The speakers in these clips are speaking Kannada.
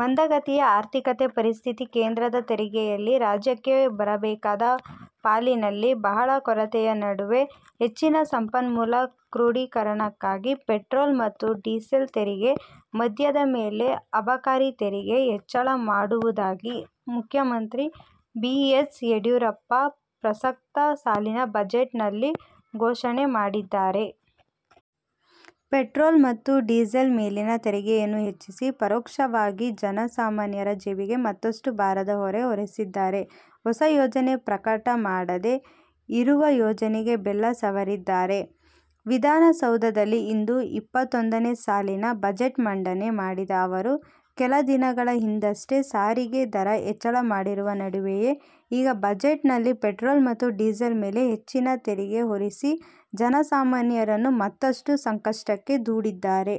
ಮಂದಗತಿಯ ಆರ್ಥಿಕ ಪರಿಸ್ಥಿತಿ, ಕೇಂದ್ರದ ತೆರಿಗೆಯಲ್ಲಿ ರಾಜ್ಯಕ್ಕೆ ಬರಬೇಕಾದ ಪಾಲಿನಲ್ಲಿ ಬಹಳ ಕೊರತೆಯ ನಡುವೆ ಹೆಚ್ಚಿನ ಸಂಪನ್ಮೂಲ ಕ್ರೋಢೀಕರಣಕ್ಕಾಗಿ ಪೆಟ್ರೋಲ್ ಮತ್ತು ಡೀಸೆಲ್ ತೆರಿಗೆ, ಮದ್ಯದ ಮೇಲೆ ಅಬಕಾರಿ ತೆರಿಗೆ ಹೆಚ್ಚಳ ಮಾಡುವುದಾಗಿ ಮುಖ್ಯಮಂತ್ರಿ ಬಿ. ಎಸ್ ಯಡಿಯೂರಪ್ಪ ಪ್ರಸಕ್ತ ಸಾಲಿನ ಬಜೆಟ್ ನಲ್ಲಿ ಘೋಷಣೆ ಮಾಡಿದ್ದಾರೆ. ಪೆಟ್ರೋಲ್ ಮತ್ತು ಡೀಸೆಲ್ ಮೇಲಿನ ತೆರಿಗೆಯನ್ನು ಹೆಚ್ಚಿಸಿ ಪರೋಕ್ಷವಾಗಿ ಜನ ಸಾಮಾನ್ಯರ ಜೇಬಿಗೆ ಮತ್ತಷ್ಟು ಭಾರದ ಹೊರೆ ಹೊರಿಸಿದ್ದಾರೆ. ಹೊಸ ಯೋಜನೆ ಪ್ರಕಟ ಮಾಡದೇ, ಇರುವ ಯೋಜನೆಗೆ ಬೆಲ್ಲ ಸವರಿದ್ದಾರೆ. ವಿಧಾನಸೌಧದಲ್ಲಿ ಇಂದು ಇಪ್ಪತ್ತೊಂದನೇ ಸಾಲಿನ ಬಜೆಟ್ ಮಂಡನೆ ಮಾಡಿದ ಅವರು, ಕೆಲ ದಿನಗಳ ಹಿಂದೆಯಷ್ಟೇ ಸಾರಿಗೆ ದರ ಹೆಚ್ಚಳ ಮಾಡಿರುವ ನಡುವೆಯೇ ಈಗ ಬಜೆಟ್ ನಲ್ಲಿ ಪೆಟ್ರೋಲ್ ಮತ್ತು ಡೀಸೆಲ್ ಮೇಲೆ ಹೆಚ್ಚಿನ ತೆರಿಗೆ ಹೊರಿಸಿ ಜನಸಾಮಾನ್ಯರನ್ನು ಮತ್ತಷ್ಟು ಸಂಕಷ್ಟಕ್ಕೆ ದೂಡಿದ್ದಾರೆ.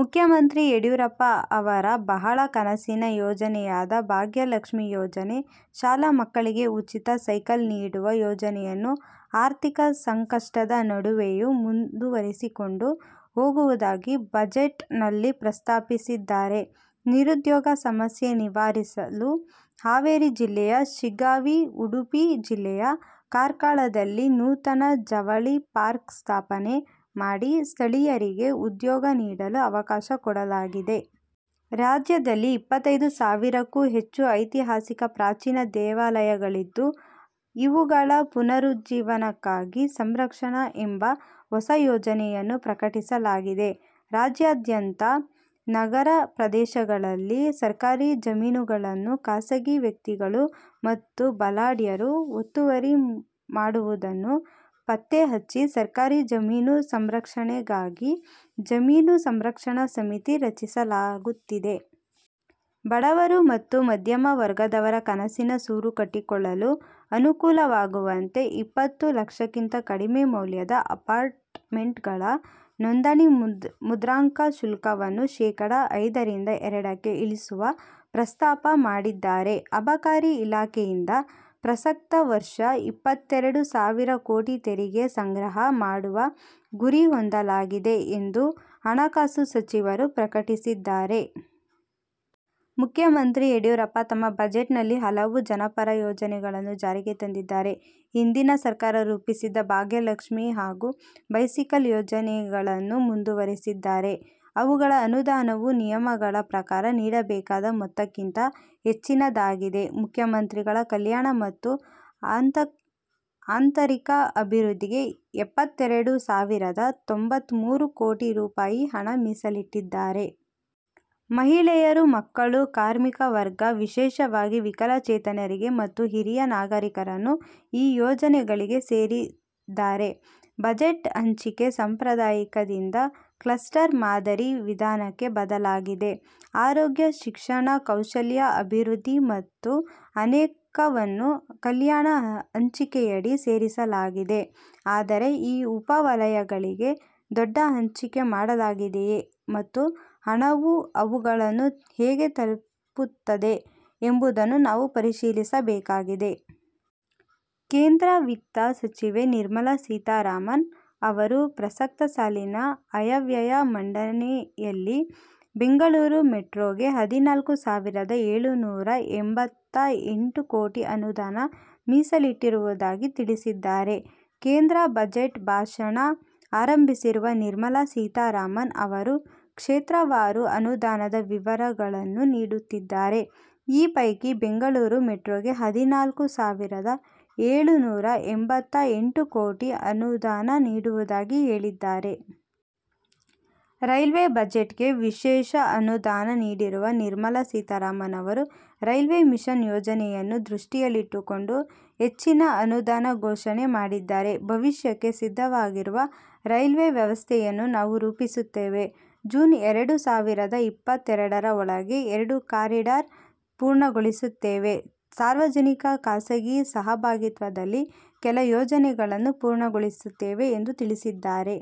ಮುಖ್ಯಮಂತ್ರಿ ಯಡಿಯೂರಪ್ಪ ಅವರ ಬಹಳ ಕನಸಿನ ಯೋಜನೆಯಾದ ಭಾಗ್ಯಲಕ್ಷಿ ಯೋಜನೆ, ಶಾಲಾ ಮಕ್ಕಳಿಗೆ ಉಚಿತ ಸೈಕಲ್ ನೀಡುವ ಯೋಜನೆಯನ್ನು ಆರ್ಥಿಕ ಸಂಕಷ್ಟದ ನಡುವೆಯೂ ಮುಂದುವರಿಸಿಕೊಂಡು ಹೋಗುವುದಾಗಿ ಬಜೆಟ್ ನಲ್ಲಿ ಪ್ರಸ್ತಾಪಿಸಿದ್ದಾರೆ. ನಿರುದ್ಯೋಗ ಸಮಸ್ಯೆ ನಿವಾರಿಸಲು ಹಾವೇರಿ ಜಿಲ್ಲೆಯ ಶಿಗ್ಗಾವಿ, ಉಡುಪಿ ಜಿಲ್ಲೆಯ ಕಾರ್ಕಳದಲ್ಲಿ ನೂತನ ಜವಳಿ ಪಾರ್ಕ್ ಸ್ಥಾಪನೆ ಮಾಡಿ, ಸ್ಥಳೀಯರಿಗೆ ಉದ್ಯೋಗ ನೀಡಲು ಅವಕಾಶ ಮಾಡಿಕೊಡಲಾಗಿದೆ. ರಾಜ್ಯದಲ್ಲಿ ಇಪ್ಪತೈದು ಸಾವಿರಕ್ಕೂ ಹೆಚ್ಚು ಐತಿಹಾಸಿಕ ಪ್ರಾಚೀನ ದೇವಾಲಯಗಳಿದ್ದು, ಇವುಗಳ ಪುನರುಜ್ಜೀವನಕ್ಕಾಗಿ ಸಂರಕ್ಷಣಾ ಎಂಬ ಹೊಸ ಯೋಜನೆಯನ್ನು ಪ್ರಕಟಿಸಲಾಗಿದೆ. ರಾಜ್ಯಾದ್ಯಂತ ನಗರಪ್ರದೇಶಗಳಲ್ಲಿ ಸರ್ಕಾರಿ ಜಮೀನುಗಳನ್ನು ಖಾಸಗೀ ವ್ಯಕ್ತಿಗಳು ಮತ್ತು ಬಲಾಢ್ಯರು ಒತ್ತುವರಿ ಮಾಡುವುದನ್ನು ಪತ್ತೆ ಹಚ್ಚಿ, ಸರ್ಕಾರಿ ಜಮೀನು ಸಂರಕ್ಷಣೆಗಾಗಿ ಜಮೀನು ಸಂರಕ್ಷಣಾ ಸಮಿತಿ ರಚಿಸಲಾಗುತ್ತಿದೆ. ಬಡವರು ಮತ್ತು ಮಧ್ಯಮ ವರ್ಗದವರ ಕನಸಿನ ಸೂರು ಕಟ್ಟಿಕೊಳ್ಳಲು ಅನುಕೂಲವಾಗುವಂತೆ ಇಪ್ಪತ್ತು ಲಕ್ಷಕ್ಕಿಂತ ಕಡಿಮೆ ಮೌಲ್ಯದ ಅಪಾರ್ಟ್ ಮೆಂಟ್ ಗಳ ನೋಂದಣಿ ಮುದ್ರಾಂಕ ಶುಲ್ಕವನ್ನು ಶೇಕಡಾ ಐದರಿಂದ ಎರಡಕ್ಕೆ ಇಳಿಸುವ ಪ್ರಸ್ತಾಪ ಮಾಡಿದ್ದಾರೆ. ಅಬಕಾರಿ ಇಲಾಖೆಯಿಂದ ಪ್ರಸಕ್ತ ವರ್ಷ ಇಪ್ಪತ್ತೆರಡು ಸಾವಿರ ಕೋಟಿ ತೆರಿಗೆ ಸಂಗ್ರಹ ಮಾಡುವ ಗುರಿ ಹೊಂದಲಾಗಿದೆ ಎಂದು ಹಣಕಾಸು ಸಚಿವರು ಪ್ರಕಟಿಸಿದ್ದಾರೆ. ಮುಖ್ಯಮಂತ್ರಿ ಯಡಿಯೂರಪ್ಪ ತಮ್ಮ ಬಜೆಟ್ ನಲ್ಲಿ ಹಲವು ಜನಪರ ಯೋಜನೆಗಳನ್ನು ಜಾರಿಗೆ ತಂದಿದ್ದಾರೆ. ಹಿಂದಿನ ಸರ್ಕಾರ ರೂಪಿಸಿದ್ದ ಭಾಗ್ಯಲಕ್ಷ್ಮಿ ಹಗೂ ಬೈಸಿಕಲ್ ಯೋಜನೆಗಳನ್ನು ಮುಂದುವರಿಸಿದ್ದಾರೆ. ಅವುಗಳ ಅನುದಾನವು ನಿಯಮಗಳ ಪ್ರಕಾರ ನೀಡಬೇಕಾದ ಮೊತ್ತಕ್ಕಿಂತ ಹೆಚ್ಚಿನದಾಗಿದೆ. ಮುಖ್ಯಮಂತ್ರಿಗಳ, ಕಲ್ಯಾಣ ಮತ್ತು ಆಂತರಿಕ ಅಭಿೃದ್ಧಿಗೆ ಎಪ್ಪತ್ತೆರಡು ಸಾವಿರದ ತೊಂಬತ್ತ ಮೂರು ಕೋಟಿ ರುಪಾಯಿ ಹಣ ಮೀಸಲಿಟ್ಟಿದ್ದಾರೆ. ಮಹಿಳೆಯರು, ಮಕ್ಕಳು, ಕಾರ್ಮಿಕ ವರ್ಗ, ವಿಶೇಷವಾಗಿ ವಿಕಲಚೇತನರಿಗೆ ಮತ್ತು ಹಿರಿಯ ನಾಗರಿಕರನ್ನು ಈ ಯೋಜನೆಗಳಿಗೆ ಸೇರಿದ್ದಾರೆ. ಬಜೆಟ್ ಹಂಚಿಕೆ ಸಾಂಪ್ರದಾಯಿಕದಿಂದ ಕ್ಲಸ್ಟರ್ ಮಾದರಿ ವಿಧಾನಕ್ಕೆ ಬದಲಾಗಿದೆ. ಆರೋಗ್ಯ, ಶಿಕ್ಷಣ, ಕೌಶಲ್ಯ ಅಭಿವೃದ್ಧಿ ಮತ್ತು ಅನೇಕವನ್ನು ಕಲ್ಯಾಣ ಹಂಚಿಕೆಯಡಿ ಸೇರಿಸಲಾಗಿದೆ. ಆದರೆ ಈ ಉಪ ವಲಯಗಳಿಗೆ ದೊಡ್ಡ ಹಂಚಿಕೆ ಮಾಡಲಾಗಿದೆಯೇ ಮತ್ತು ಹಣವು ಅವುಗಳನ್ನು ಹೇಗೆ ತಲುಪುತ್ತದೆ ಎಂಬುದನ್ನು ನಾವು ಪರಿಶೀಲಿಸಬೇಕಾಗಿದೆ. ಕೇಂದ್ರ ವಿತ್ತ ಸಚಿವೆ ನಿರ್ಮಲಾ ಸೀತಾರಾಮನ್ ಅವರು ಪ್ರಸಕ್ತ ಸಾಲಿನ ಆಯವ್ಯಯ ಮಂಡನೆಯಲ್ಲಿ ಬೆಂಗಳೂರು ಮೆಟ್ರೋಗೆ ಹದಿನಾಲ್ಕು ಸಾವಿರದ ಏಳುನೂರಾ ಎಂಬತ್ತ ಎಂಟು ಕೋಟಿ ಅನುದಾನ ಮೀಸಲಿಟ್ಟಿರುವುದಾಗಿ ತಿಳಿಸಿದ್ದಾರೆ. ಕೇಂದ್ರ ಬಜೆಟ್ ಭಾಷಣ ಆರಂಭಿಸಿರುವ ನಿರ್ಮಲಾ ಸೀತಾರಾಮನ್ ಅವರು ಕ್ಷೇತ್ರವಾರು ಅನುದಾನದ ವಿವರಗಳನ್ನು ನೀಡುತ್ತಿದ್ದಾರೆ. ಈ ಪೈಕಿ ಬೆಂಗಳೂರು ಮೆಟ್ರೋಗೆ ಹದಿನಾಲ್ಕು ಸಾವಿರದ ಏಳುನೂರಾ ಎಂಬತ್ತ ಎಂಟು ಕೋಟಿ ಅನುದಾನ ನೀಡುವುದಾಗಿ ಹೇಳಿದ್ದಾರೆ. ರೈಲ್ವೇ ಬಜೆಟ್'ಗೆ ವಿಶೇಷ ಅನುದಾನ ನೀಡಿರುವ ನಿರ್ಮಲಾ ಸೀತಾರಾಮನ್ ಅವರು ರೈಲ್ವೇ ಮಿಷನ್ ಯೋಜನೆಯನ್ನು ದೃಷ್ಟಿಯಲ್ಲಿಟ್ಟುಕೊಂಡು ಹೆಚ್ಚಿನ ಅನುದಾನ ಘೋಷಣೆ ಮಾಡಿದ್ದಾರೆ. ಭವಿಷ್ಯಕ್ಕೆ ಸಿದ್ಧವಾಗಿರುವ ರೈಲ್ವೆ ವ್ಯವಸ್ಥೆಯನ್ನು ನಾವು ರೂಪಿಸುತ್ತೇವೆ, ಜೂನ್ ಎರಡು ಸಾವಿರದ ಇಪ್ಪತ್ತ ಎರಡರ ಒಳಗೆ ಎರಡು ಕಾರಿಡಾರ್ ಪೂರ್ಣಗೊಳಿಸುತ್ತೇವೆ, ಸಾರ್ವಜನಿಕ ಖಾಸಗಿ ಸಹಭಾಗಿತ್ವದಲ್ಲಿ ಕೆಲ ಯೋಜನೆಗಳನ್ನು ಪೂರ್ಣಗೊಳಿಸುತ್ತೇವೆ ಎಂದು ತಿಳಿಸಿದ್ದಾರೆ.